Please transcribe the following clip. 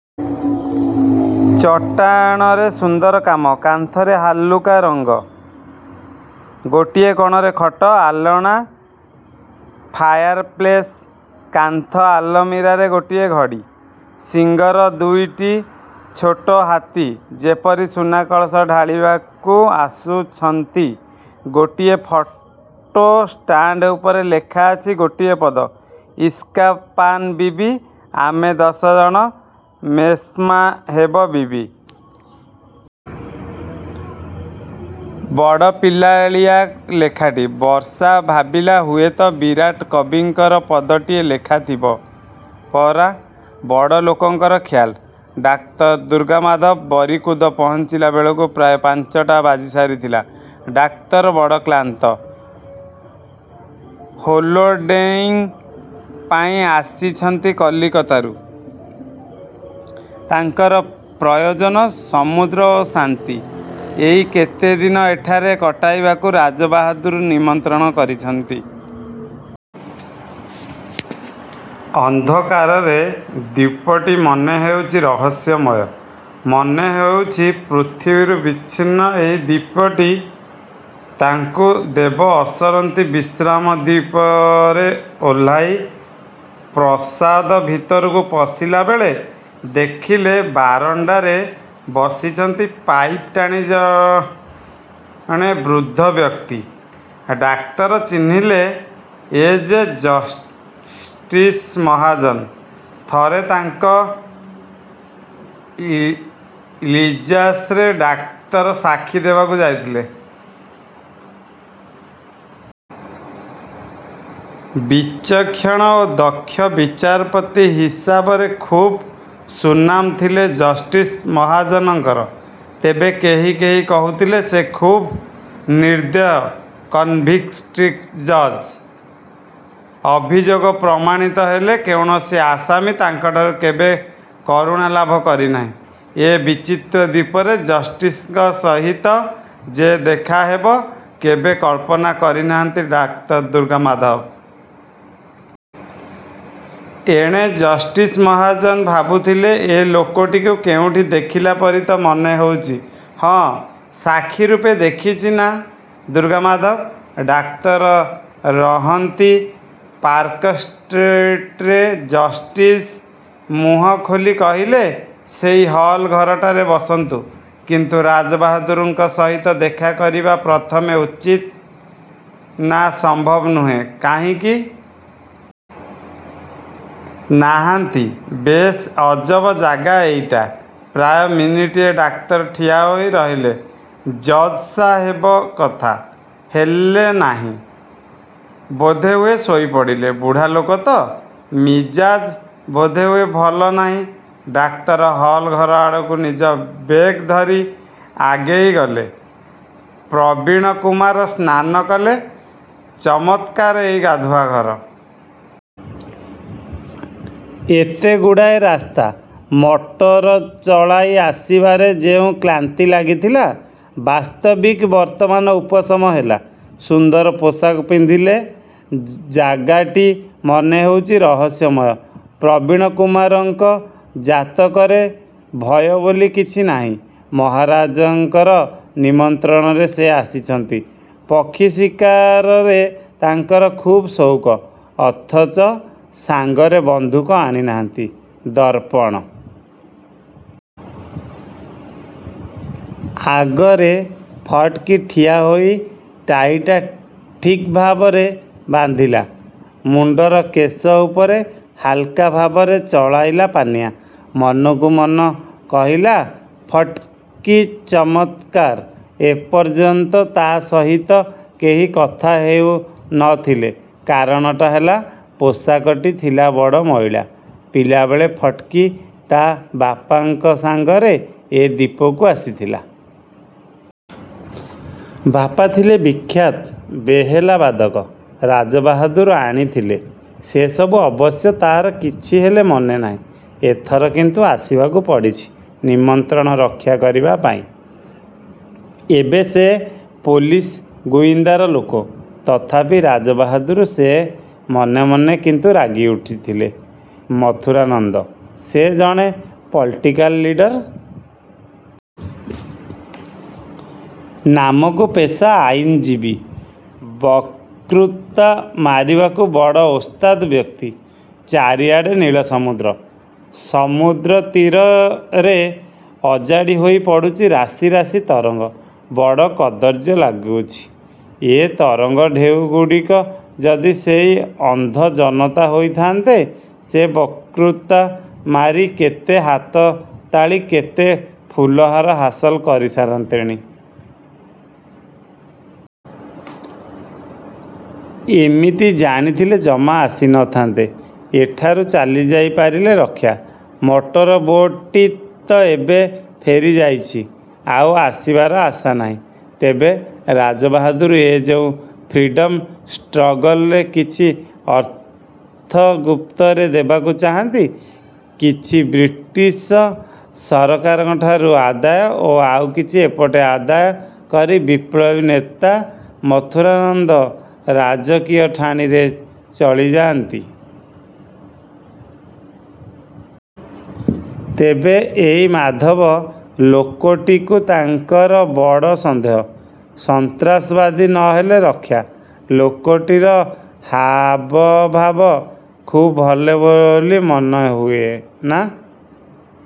ଚଟାଣରେ ସୁନ୍ଦର କାମ। କାନ୍ଥରେ ହାଲୁକା ରଙ୍ଗ। ଗୋଟିଏ କୋଣରେ ଖଟ, ଆଲଣା, ଫାୟାରପ୍ଲେସ୍। କାନ୍ଥ ଆଲମାରିରେ ଗୋଟିଏ ଘଡ଼ି। ଶିଙ୍ଗର ଦୁଇଟି ଛୋଟ ହାତୀ, ଯେପରି ସୁନାକଳସ ଢାଳିବାକୁ ଆସୁଛନ୍ତି। ଗୋଟିଏ ଫଟୋ ଷ୍ଟାଣ୍ଡ ଉପରେ ଲେଖାଅଛି ଗୋଟିଏ ପଦ— ଇସ୍କା ପାନ ବିବି, ଆମେ ଦଶଜଣ ମେମ୍ସାହେବ ବିବି। ବଡ଼ ପିଲାଳିଆ ଲେଖାଟି। ବର୍ଷା ଭାବିଲା, ହୁଏତ ବିରାଟ କବିଙ୍କର ପଦଟିଏ ଲେଖାଥିବ ପରା! ବଡ଼ଲୋକଙ୍କର ଖିଆଲ! ଡାକ୍ତର ଦୁର୍ଗାମାଧବ ବରିକୁଦ ପହଞ୍ଚିଲାବେଳକୁ ପ୍ରାୟ ପାଞ୍ଚଟା ବାଜିସାରିଥିଲା। ଡାକ୍ତର ବଡ଼ କ୍ଳାନ୍ତ। ହୋଲଡେଇଂ ପାଇଁ ଆସିଛନ୍ତି କଲିକତାରୁ। ତାଙ୍କର ପ୍ରୟୋଜନ ସମୁଦ୍ର ଓ ଶାନ୍ତି। ଏଇ କେତେଦିନ ଏଠାରେ କଟାଇବାକୁ ରାଜାବାହାଦୁର ନିମନ୍ତ୍ରଣ କରିଛନ୍ତି। ଅନ୍ଧକାରରେ ଦ୍ଵୀପଟି ମନେହେଉଛି ରହସ୍ୟମୟ। ମନେହେଉଛି ପୃଥିବୀରୁ ବିଚ୍ଛିନ୍ନ ଏହି ଦ୍ଵୀପଟି ତାଙ୍କୁ ଦେବ ଅସରନ୍ତି ବିଶ୍ରାମ। ଦ୍ଵୀପରେ ଓହ୍ଲାଇ ପ୍ରାସାଦ ଭିତରକୁ ପଶିଲାବେଳେ ଦେଖିଲେ ବାରଣ୍ଡାରେ ବସିଛନ୍ତି ପାଇପ୍ ଟାଣି ଜଣେ ବୃଦ୍ଧ ବ୍ୟକ୍ତି। ଡାକ୍ତର ଚିହ୍ନିଲେ, ଏ ଯେ ଜଷ୍ଟିସ୍ ମହାଜନ। ଥରେ ତାଙ୍କ ଇଜ୍ଲାସରେ ଡାକ୍ତର ସାକ୍ଷୀ ଦେବାକୁ ଯାଇଥିଲେ। ବିଚକ୍ଷଣ ଓ ଦକ୍ଷ ବିଚାରପତି ହିସାବରେ ଖୁବ୍ ସୁନାମ ଥିଲା ଜଷ୍ଟିସ୍ ମହାଜନଙ୍କର। ତେବେ କେହି କେହି କହୁଥିଲେ, ସେ ଖୁବ୍ ନିର୍ଦ୍ଦୟ କନଭିର୍ଷ୍ଟିକ୍ ଜଜ୍। ଅଭିଯୋଗ ପ୍ରମାଣିତ ହେଲେ କୌଣସି ଆସାମୀ ତାଙ୍କଠାରୁ କେବେ କରୁଣା ଲାଭ କରିନାହିଁ। ଏ ବିଚିତ୍ର ଦ୍ଵୀପରେ ଜଷ୍ଟିସ୍ଙ୍କ ସହିତ ଯେ ଦେଖାହେବ, କେବେ କଳ୍ପନା କରିନାହାନ୍ତି ଡାକ୍ତର ଦୁର୍ଗାମାଧବ। ଏଣେ ଜଷ୍ଟିସ୍ ମହାଜନ ଭାବୁଥିଲେ, ଏ ଲୋକଟିକୁ କେଉଁଠି ଦେଖିଲାପରି ତ ମନେହେଉଛି! ହଁ, ସାକ୍ଷୀରୂପେ ଦେଖିଛି ନାଁ ଦୁର୍ଗାମାଧବ। ଡାକ୍ତର ରହନ୍ତି ପାର୍କଷ୍ଟ୍ରିଟରେ। ଜଷ୍ଟିସ୍ ମୁହଁ ଖୋଲି କହିଲେ ସେହି ହଲ୍ ଘରଟାରେ ବସନ୍ତୁ। କିନ୍ତୁ ରାଜାବାହାଦୁରଙ୍କ ସହିତ ଦେଖାକରିବା ପ୍ରଥମେ ଉଚିତ। ନା, ସମ୍ଭବ ନୁହେଁ। କାହିଁକି? ନାହାନ୍ତି। ବେଶ୍ ଅଜବ ଜାଗା ଏଇଟା! ପ୍ରାୟ ମିନିଟିଏ ଡାକ୍ତର ଠିଆହୋଇ ରହିଲେ। ଜଜ୍ସାହେବ କଥା ହେଲେ ନାହିଁ। ବୋଧହୁଏ ଶୋଇପଡ଼ିଲେ। ବୁଢ଼ାଲୋକ ତ, ମିଜାଜ୍ ବୋଧହୁଏ ଭଲ ନାହିଁ। ଡାକ୍ତର ହଲ୍ ଘର ଆଡ଼କୁ ନିଜ ବେଗ୍ ଧରି ଆଗେଇଗଲେ। ପ୍ରବୀଣକୁମାର ସ୍ନାନ କଲେ। ଚମତ୍କାର ଏଇ ଗାଧୁଆଘର। ଏତେଗୁଡ଼ାଏ ରାସ୍ତା ମୋଟର ଚଳାଇ ଆସିବାରେ ଯେଉଁ କ୍ଳାନ୍ତି ଲାଗିଥିଲା, ବାସ୍ତବିକ ବର୍ତ୍ତମାନ ଉପଶମ ହେଲା। ସୁନ୍ଦର ପୋଷାକ ପିନ୍ଧିଲେ। ଜାଗାଟି ମନେହେଉଛି ରହସ୍ୟମୟ। ପ୍ରବୀଣକୁମାରଙ୍କ ଜାତକରେ ଭୟ ବୋଲି କିଛି ନାହିଁ। ମହାରାଜାଙ୍କର ନିମନ୍ତ୍ରଣରେ ସେ ଆସିଛନ୍ତି। ପକ୍ଷୀଶିକାରରେ ତାଙ୍କର ଖୁବ୍ ସଉକ। ଅଥଚ ସାଙ୍ଗରେ ବନ୍ଧୁକ ଆଣିନାହାନ୍ତି। ଦର୍ପଣ ଆଗରେ ଫଟକି ଠିଆହୋଇ ଟାଈଟା ଠିକ୍ଭାବରେ ବାନ୍ଧିଲା। ମୁଣ୍ଡର କେଶ ଉପରେ ହାଲୁକା ଭାବରେ ଚଳାଇଲା ପାନିଆ। ମନକୁମନ କହିଗଲା ଫଟକ୍ଚି ମତ୍କାର! ଏପର୍ଯ୍ୟନ୍ତ ତା’ ସହିତ କେହି କଥା ହେଉ ନ ଥିଲେ। କାରଣଟି ହେଲା, ପୋଷାକଟି ଥିଲା ବଡ଼ ମଇଳା। ପିଲାବେଳେ ଫଟ୍କି ତା’ ବାପାଙ୍କ ସଙ୍ଗରେ ଏ ଦ୍ଵୀପକୁ ଆସିଥିଲା। ବାପା ଥିଲେ ବିଖ୍ୟାତ ବେହେଲାବାଦକ। ରାଜାବାହାଦୁର ଆଣିଥିଲେ। ସେସବୁ ଅବଶ୍ୟ ତା’ର କିଛିହେଲେ ମନେନାହିଁ। ଏଥର କିନ୍ତୁ ଆସିବାକୁ ପଡ଼ିଛି ନିମନ୍ତ୍ରଣ ରକ୍ଷାକରିବା ପାଇଁ, ଏବେ ସେ ପୋଲିସ ଗୁଇନ୍ଦାର ଲୋକ। ତଥାପି ରାଜାବାହାଦୁର ସେ। ମନେମନେ କିନ୍ତୁ ରାଗିଉଠିଥିଲେ ମଥୁରାନନ୍ଦ। ସେ ଜଣେ ପଲିଟିକାଲ ଲିଡର୍। ନାମକୁ ପେଶା ଆଇନଜୀବୀ। ବକ୍ତୃତା ମାରିବାକୁ ବଡ଼ ଓସ୍ତାଦ୍ ବ୍ୟକ୍ତି। ଚାରିଆଡ଼େ ନୀଳସମୁଦ୍ର। ସମୁଦ୍ରତୀରରେ ଅଜାଡ଼ି ହୋଇ ପଡ଼ୁଛି ରାଶି ରାଶି ତରଙ୍ଗ। ବଡ଼ କଦର୍ଯ୍ୟ ଲାଗୁଛି। ଏ ତରଙ୍ଗ ଢେଉଗୁଡ଼ିକ ଯଦି ସେଇ ଅନ୍ଧ ଜନତା ହୋଇଥାନ୍ତେ, ସେ ବକ୍ତୃତା ମାରି କେତେ ହାତତାଳି, କେତେ ଫୁଲହାର ହାସଲ କରିସାରନ୍ତେଣି! ଇମିତି ଜାଣିଥିଲେ ଜମା ଆସି ନ ଥାନ୍ତେ। ଏଠାରୁ ଚାଲିଯାଇପାରିଲେ ରକ୍ଷା। ମୋଟର ବୋଟ୍ଟି ତ ଏବେ ଫେରିଯାଇଛି, ଆଉ ଆସିବାର ଆଶା ନାହିଁ। ତେବେ ରାଜାବାହାଦୁର ଏ ଯେଉଁ ଫ୍ରିଡମ୍ ଷ୍ଟ୍ରଗଲରେ କିଛି ଅର୍ଥ ଗୁପ୍ତରେ ଦେବାକୁ ଚାହାନ୍ତି। କିଛି ବ୍ରିଟିଶ ସରକାରଠାରୁ ଆଦାୟ ଓ ଆଉକିଛି ଏପଟେ ଆଦାୟ କରି ବିପ୍ଳବୀନେତା ମଥୁରାନନ୍ଦ ରାଜକୀୟ ଠାଣିରେ ଚଳିଯାଆନ୍ତି। ତେବେ ଏଇ ମାଧବ ଲୋକଟିକୁ ତାଙ୍କର ବଡ଼ ସନ୍ଦେହ। ସନ୍ତ୍ରାସବାଦୀ ନ ହେଲେ ରକ୍ଷା। ଲୋକଟିର ହାବଭାବ ଖୁବ୍ ଭଲ ବୋଲି ମନେହୁଏ ନା।